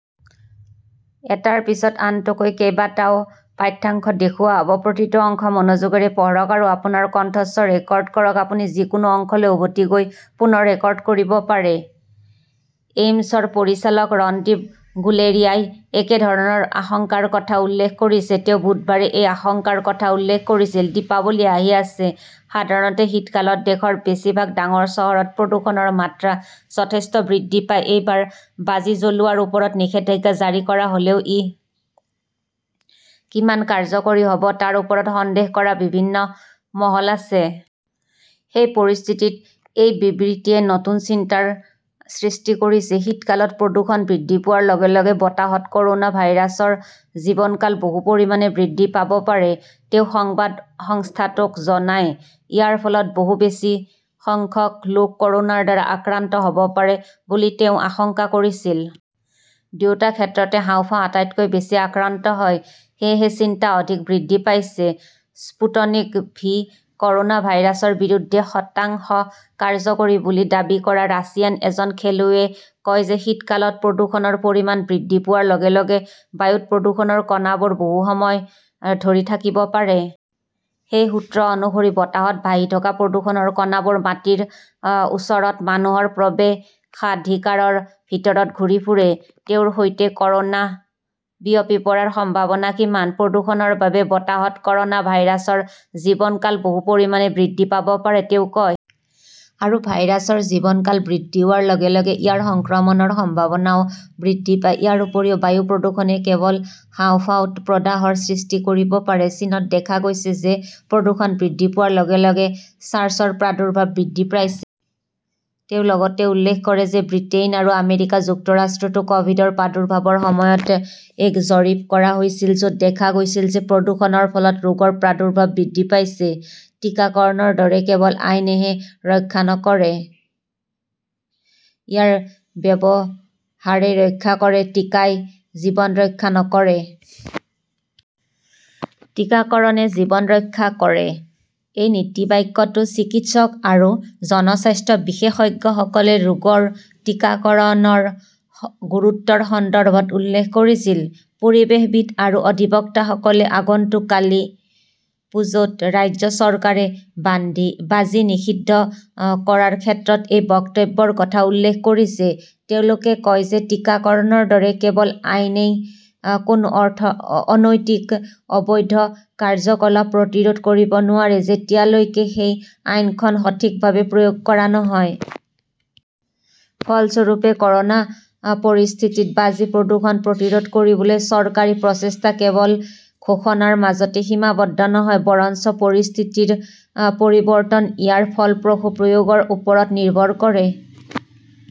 এইমছৰ পৰিচালক ৰণদীপ গুলেৰিয়াই একেধৰণৰ আশংকাৰ কথা উল্লেখ কৰিছে। তেওঁ বুধবাৰে এই আশংকাৰ কথা উল্লেখ কৰিছিল। দীপাৱলী আহি আছে। সাধাৰণতে শীতকালত দেশৰ বেছিভাগ ডাঙৰ চহৰত প্ৰদূষণৰ মাত্ৰা যথেষ্ট বৃদ্ধি পায়। এইবাৰ বাজি জ্বলোৱাৰ ওপৰত নিষেধাজ্ঞা জাৰি কৰা হলেও ই কিমান কাৰ্যকৰী হব তাৰ ওপৰত সন্দেহ কৰা বিভিন্ন মহল আছে। সেই পৰিস্থিতিত এই বিবৃতিয়ে নতুন চিন্তাৰ সৃষ্টি কৰিছে। শীতকালত প্ৰদূষণ বৃদ্ধি পোৱাৰ লগে-লগে বতাহত কৰোনা ভাইৰাছৰ জীৱনকাল বহু পৰিমাণে বৃদ্ধি পাব পাৰে, তেওঁ সংবাদ সংস্থাটোক জনায়। ইয়াৰ ফলত বহু বেছি সংখ্যক লোক কৰোনাৰ দ্বাৰা আক্ৰান্ত হব পাৰে বুলি তেওঁ আশংকা কৰিছিল। দুয়োটা ক্ষেত্ৰতে হাঁওফাঁও আটাইতকৈ বেছি আক্ৰান্ত হয়, সেয়েহে চিন্তা অধিক বৃদ্ধি পাইছে। স্পুটনিক ভি কৰ'না ভাইৰাছৰ বিৰুদ্ধে শতাংশ কাৰ্যকৰী বুলি দাবী কৰা ৰাছিয়াৰ এজন খেলুৱৈয়ে কয় যে শীতকালত প্ৰদূষণৰ পৰিমাণ বৃদ্ধি পোৱাৰ লগে-লগে বায়ুত প্ৰদূষণৰ কণাবোৰ বহু সময় ধৰি থাকিব পাৰে। সেই সূত্ৰ অনুসৰি, বতাহত ভাহি থকা প্ৰদূষণৰ কণাবোৰ মাটিৰ ওচৰত, মানুহৰ প্ৰৱেশাধিকাৰৰ ভিতৰত ঘূৰি ফুৰে। তেওঁৰ সৈতে কৰোনা বিয়পি পৰাৰ সম্ভাৱনা কিমান? প্ৰদূষণৰ বাবে বতাহত কৰোনা ভাইৰাছৰ জীৱনকাল বহু পৰিমাণে বৃদ্ধি পাব পাৰে, তেওঁ কয়। আৰু ভাইৰাছৰ জীৱনকাল বৃদ্ধি হোৱাৰ লগে-লগে ইয়াৰ সংক্ৰমণৰ সম্ভাৱনাও বৃদ্ধি পায়। ইয়াৰ উপৰিও বায়ু প্ৰদূষণে কেৱল হাঁওফাঁওত প্ৰদাহৰ সৃষ্টি কৰিব পাৰে। চীনত দেখা গৈছে যে প্ৰদূষণ বৃদ্ধি পোৱাৰ লগে-লগে চাৰ্চৰ প্ৰাদুৰ্ভাৱ বৃদ্ধি পাইছে। তেওঁ লগতে উল্লেখ কৰে যে ব্ৰিটেইন আৰু আমেৰিকা যুক্তৰাষ্ট্ৰতো কভিডৰ প্ৰাদুৰ্ভাৱৰ সময়ত এক জৰীপ কৰা হৈছিল, যত দেখা গৈছিল যে প্ৰদূষণৰ ফলত ৰোগৰ প্ৰাদুৰ্ভাৱ বৃদ্ধি পাইছে। 'টিকাকৰণৰ দৰে কেৱল আইনহে ৰক্ষা নকৰে, ইয়াৰ ব্যৱহাৰেই ৰক্ষা কৰে টিকাই জীৱন ৰক্ষা নকৰে। টিকাকৰণে জীৱন ৰক্ষা কৰে। এই নীতিবাক্যটো চিকিৎসক আৰু জনস্বাস্থ্য বিশেষজ্ঞসকলে ৰোগৰ টিকাকৰণৰ গুৰুত্বৰ সন্দৰ্ভত উল্লেখ কৰিছিল। পৰিৱেশবিদ আৰু অধিবক্তাসকলে আগন্তুক কালীপুজোত ৰাজ্য চৰকাৰে বাজি নিষিদ্ধ কৰাৰ ক্ষেত্ৰত সেই বক্তব্যৰ কথা উল্লেখ কৰিছে। তেওঁলোকে কয় যে টিকাকৰণৰ দৰে কেৱল আইনেই কোনো অনৈতিক, অবৈধ কাৰ্যকলাপ প্ৰতিৰোধ কৰিব নোৱাৰে, যেতিয়ালৈকে সেই আইনখন সঠিকভাৱে প্ৰয়োগ কৰা নহয়। ফলস্বৰূপে, কৰোনা পৰিস্থিতিত বাজি-প্ৰদূষণ প্ৰতিৰোধ কৰিবলৈ চৰকাৰী প্ৰচেষ্টা কেৱল ঘোষণাৰ মাজতে সীমাবদ্ধ নহয়, বৰঞ্চ পৰিস্থিতিৰ পৰিৱৰ্তন ইয়াৰ ফলপ্ৰসূ প্ৰয়োগৰ ওপৰত নিৰ্ভৰ কৰে।